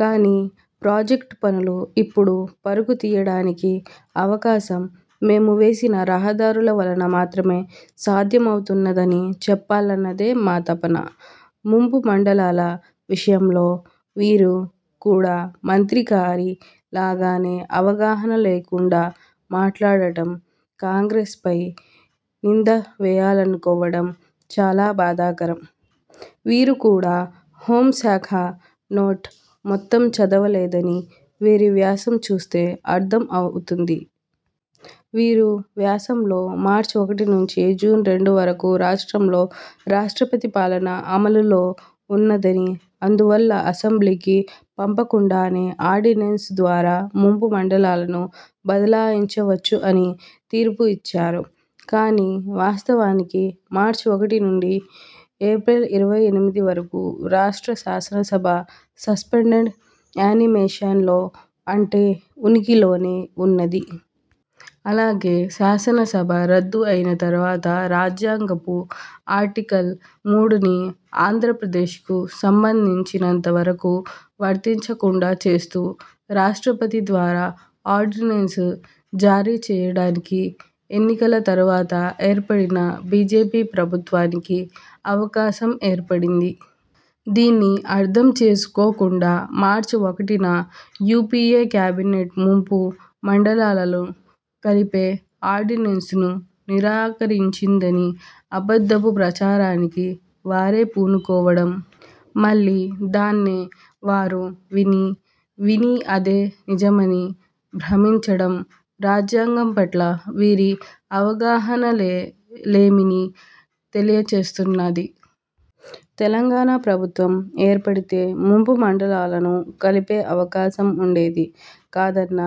కానీ ప్రాజెక్ట్ పనులు ఇప్పుడు పరుగు తీయడానికి అవకాశం మేము వేసిన రహదారుల వలన మాత్రమే సాధ్యమవుతున్నదని చెప్పాలన్నదే మా తపన. ముంపు మండలాల విషయంలో వీరు కూడా మంత్రిగారి లాగానే అవగాహన లేకుండా మాట్లాడడం కాంగ్రెస్పై నింద వేయాలనుకోవడం చాలా బాధాకరం. వీరు కూడా హోం శాఖ నోట్ మొత్తం చదవలేదని వీరి వ్యాసం చూస్తే అర్ధం అవుతుంది. వీరు వ్యాసంలో మార్చి ఒకటి నుంచి జూన్ రెండు వరకు రాష్ట్రంలో రాష్ట్రపతి పాలన అమలులో ఉన్నదని.. అందువల్ల అసెంబ్లీకి పంపకుండానే ఆర్డినెన్సు ద్వారా ముంపు మండలాలను బదలాయించవచ్చు అని తీర్పు ఇచ్చారు. కానీ వాస్తవానికి మార్చి ఒకటి నుంచి ఏప్రిల్ ఇరవై ఎనిమిది వరకు రాష్ట్ర శాసనసభ సస్పెండెడ్ యానిమేషన్లో అంటే ఉనికిలోనే ఉన్నది. అలాగే శాసన సభ రద్దు అయిన తరువాత రాజ్యాంగపు ఆర్టికల్ మూడు ని.. ఆంధ్రప్రదేశ్కు సంబంధించినంత వరకు వర్తించకుండా చేస్తూ, రాష్ట్రపతి ద్వారా ఆర్డినెన్సు జారీ చేయడానికి ఎన్నికల తరువాత ఏర్పడిన బీజేపీ ప్రభుత్వానికి అవకాశం ఏర్పడింది. దీన్ని అర్ధం చేసుకోకుండా మార్చి ఒకటి న యూపీఏ కేబినెట్ ముంపు మండలాలను కలిపే ఆర్డినెన్సును నిరాకరించిందని అబద్ధపు ప్రచారానికి వారే పూనుకోవడం మళ్ళీ దాన్నే వారు విని, విని అదే నిజమని భ్రమించండం -రాజ్యాంగం పట్ల వీరి అవగాహన లేమిని తెలియచేస్తున్నది. తెలంగాణ ప్రభుత్వం ఏర్పడితే ముంపు మండలాలను కలిపే అవకాశం ఉండేది కాదన్న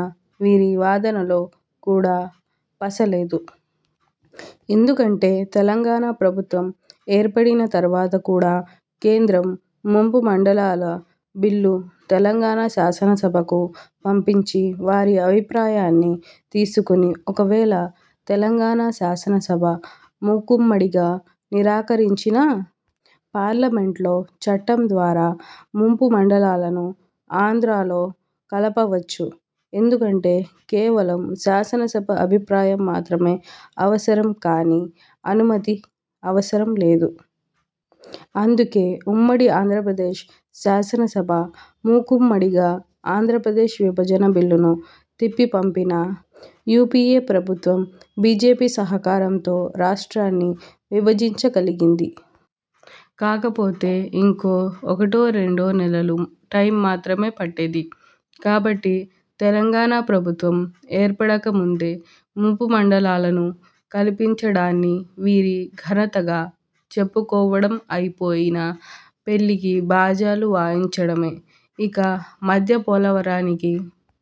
వీరి వాదనలో కూడా పస లేదు. ఎందుకంటే తెలంగాణ ప్రభుత్వం ఏర్పడిన తరువాత కూడా, కేంద్రం ముంపు మండలాల బిల్లు తెలంగాణ శాసనసభకు పంపించి వారి అభిప్రాయాన్ని తీసుకొని, ఒక వేళ తెలంగాణ శాసనసభ మూకుమ్మడిగా నిరాకరించినా.. పార్లమెంట్లో చట్టం ద్వారా ముంపు మండలాలను ఆంధ్రలో కలపవచ్చు. ఎందుకంటే కేవలం శాసనసభ అభిప్రాయం మాత్రమే అవసరం కానీ అనుమతి అవసరం లేదు. అందుకే ఉమ్మడి ఆంధ్రప్రదేశ్ శాసనసభ మూకుమ్మడిగా ఆంధ్రప్రదేశ్ విభజన బిల్లును తిప్పి పంపినా – యూపీఏ ప్రభుత్వం బీజేపీ సహకారంతో రాష్ట్రాన్ని విభజించగలిగింది. కాకపోతే ఇంకో ఒకటో–రెండు నెలలు టైం మాత్రమే పట్టేది. కాబట్టి తెలంగాణ ప్రభుత్వం ఏర్పడక ముందే ముంపు మండలాలను కలిపించడాన్ని వీరి ఘనతగా చెప్పుకోవడం అయిపోయిన పెళ్లికి బాజాలు వాయించడమే. ఇక – మధ్య పోలవరానికి